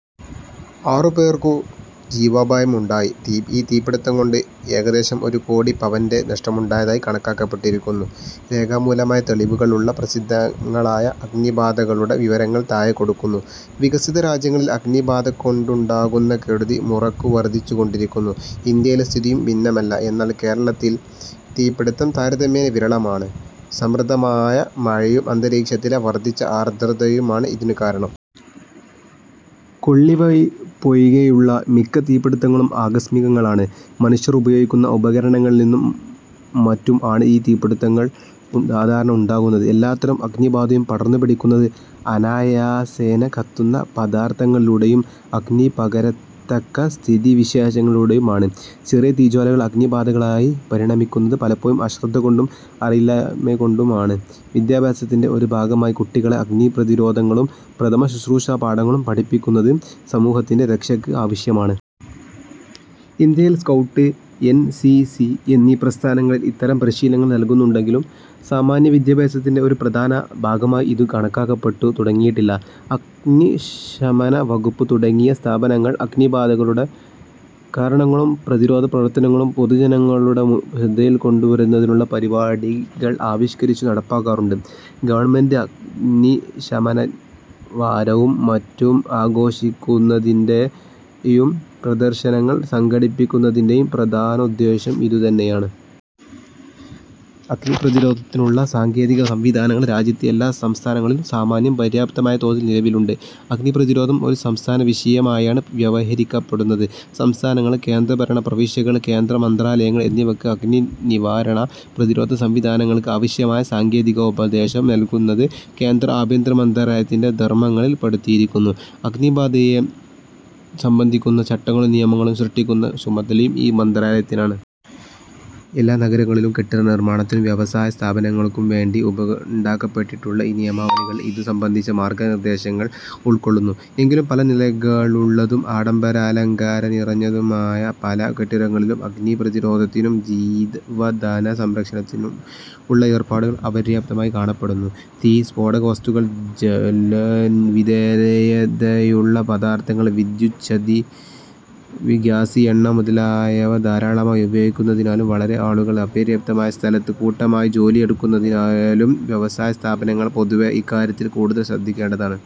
ആറു പേർക്കു ജീവാപായം ഉണ്ടായി. ഈ തീപിടിത്തംകൊണ്ട് ഏകദേശം ഒരുകോടി പവന്റെ നഷ്ടമുണ്ടായതായി കണക്കാക്കപ്പെട്ടിരിക്കുന്നു. രേഖാമൂലമായ തെളിവുകളുള്ള പ്രസിദ്ധങ്ങളായ അഗ്നിബാധകളുടെ വിവരങ്ങൾ താഴെ കൊടുക്കുന്നു. വികസിതരാജ്യങ്ങളിൽ അഗ്നിബാധകൊണ്ടുണ്ടാകുന്ന കെടുതി മുറയ്ക്കു വർധിച്ചു കൊണ്ടിരിക്കുന്നു. ഇന്ത്യയിലെ സ്ഥിതിയും ഭിന്നമല്ല. എന്നാൽ കേരളത്തിൽ തീപിടിത്തം താരതമ്യേന വിരളമാണ്. സമൃദ്ധമായ മഴയും, അന്തരീക്ഷത്തിലെ വർധിച്ച ആർദ്രതയുമാണ് ഇതിനു കാരണം. കൊള്ളിവയ്പൊഴികെയുള്ള മിക്ക തീപിടിത്തങ്ങളും ആകസ്മികങ്ങളാണ്. മനുഷ്യർ ഉപയോഗിക്കുന്ന ഉപകരണങ്ങളിൽനിന്നും മറ്റും ആണ് തീപിടിത്തങ്ങൾ സാധാരണ ഉണ്ടാകുന്നത്. എല്ലാത്തരം അഗ്നിബാധയും പടർന്നുപിടിക്കുന്നത് അനായാസേന കത്തുന്ന പദാർഥങ്ങളിലൂടെയും, അഗ്നി പകരത്തക്ക സ്ഥിതിവിശേഷങ്ങളിലൂടെയും ആണ്. ചെറിയ തീജ്വാലകൾ അഗ്നിബാധകളായി പരിണമിക്കുന്നത് പലപ്പോഴും അശ്രദ്ധകൊണ്ടും അറിവില്ലായ്മകൊണ്ടുമാണ്. വിദ്യാഭ്യാസത്തിന്റെ ഒരു ഭാഗമായി കുട്ടികളെ അഗ്നിപ്രതിരോധങ്ങളും പ്രഥമശുശ്രൂഷാപാഠങ്ങളും പഠിപ്പിക്കുന്നത്, സമൂഹത്തിന്റെ രക്ഷയ്ക്ക് ആവശ്യമാണ്. ഇന്ത്യയിൽ സ്കൗട്ട്, എൻ. സി. സി എന്നീ പ്രസ്ഥാനങ്ങളിൽ ഇത്തരം പരിശീലനങ്ങൾ നല്കുന്നുണ്ടെങ്കിലും സാമാന്യവിദ്യാഭ്യാസത്തിന്റെ ഒരു പ്രധാന ഭാഗമായി ഇതു കണക്കാക്കപ്പെട്ടു തുടങ്ങിയിട്ടില്ല. അഗ്നിശമനവകുപ്പ് തുടങ്ങിയ സ്ഥാപനങ്ങൾ അഗ്നിബാധകളുടെ കാരണങ്ങളും പ്രതിരോധപ്രവർത്തനങ്ങളും പൊതുജനങ്ങളുടെ ശ്രദ്ധയിൽ കൊണ്ടുവരുന്നതിനുള്ള പരിപാടികൾ ആവിഷ്കരിച്ചു നടപ്പാക്കാറുണ്ട്. ഗവൺമെന്റ് അഗ്നിശമനവാരവും മറ്റും ആഘോഷിക്കുന്നതിന്റെയും പ്രദർശനങ്ങൾ സംഘടിപ്പിക്കുന്നതിന്റെയും പ്രധാനോദ്ദേശ്യം ഇതുതന്നെയാണ്. അഗ്നിപ്രതിരോധത്തിനുള്ള സാങ്കേതിക സംവിധാനങ്ങൾ രാജ്യത്തെ എല്ലാ സംസ്ഥാനങ്ങളിലും സാമാന്യം പര്യാപ്തമായ തോതിൽ നിലവിലുണ്ട്. അഗ്നിപ്രതിരോധം ഒരു സംസ്ഥാന വിഷയമായാണ് വ്യവഹരിക്കപ്പെടുന്നത്. സംസ്ഥാനങ്ങൾ, കേന്ദ്രഭരണ പ്രവിശ്യകൾ, കേന്ദ്ര മന്ത്രാലയങ്ങൾ എന്നിവയ്ക്ക് അഗ്നിനിവാരണ/പ്രതിരോധ സംവിധാനങ്ങൾക്ക് ആവശ്യമായ സാങ്കേതികോപദേശം നല്കുന്നത് കേന്ദ്ര ആഭ്യന്തര മന്ത്രാലയത്തിന്റെ ധർമങ്ങളിൽ പെടുത്തിയിരിക്കുന്നു; അഗ്നിബാധയെ സംബന്ധിക്കുന്ന ചട്ടങ്ങളും നിയമങ്ങളും സൃഷ്ടിക്കുന്ന ചുമതലയും ഈ മന്ത്രാലയത്തിനാണ്. എല്ലാ നഗരങ്ങളിലും കെട്ടിടനിർമ്മാണത്തിനും വ്യവസായസ്ഥാപനങ്ങൾക്കുംവേണ്ടി ഉണ്ടാക്കപ്പെട്ടിട്ടുള്ള നിയമാവലികൾ ഇതു സംബന്ധിച്ച മാർഗനിർദ്ദേശങ്ങൾ ഉൾക്കൊള്ളുന്നു. എങ്കിലും പല നിലകളുള്ളതും ആഡംബരാലങ്കാരങ്ങൾ നിറഞ്ഞതുമായ പല കെട്ടിടങ്ങളിലും അഗ്നിപ്രതിരോധത്തിനും ജീവധനസംരക്ഷണത്തിനും ഉള്ള ഏർപ്പാടുകൾ അപര്യാപ്തമായി കാണപ്പെടുന്നു. തീയ്, സ്ഫോടകവസ്തുക്കൾ, ജ്വലനവിധേയതയുള്ള പദാർഥങ്ങൾ, വിദ്യുച്ഛക്തി, ഗ്യാസ്, എണ്ണ മുതലായവ ധാരാളമായി ഉപയോഗിക്കുന്നതിനാലും വളരെ ആളുകൾ അപര്യാപ്തമായ സ്ഥലത്ത് കൂട്ടമായി ജോലിയെടുക്കുന്നതിനാലും വ്യവസായസ്ഥാപനങ്ങൾ പൊതുവേ ഇക്കാര്യത്തിൽ കൂടുതൽ ശ്രദ്ധിക്കേണ്ടതാണ്.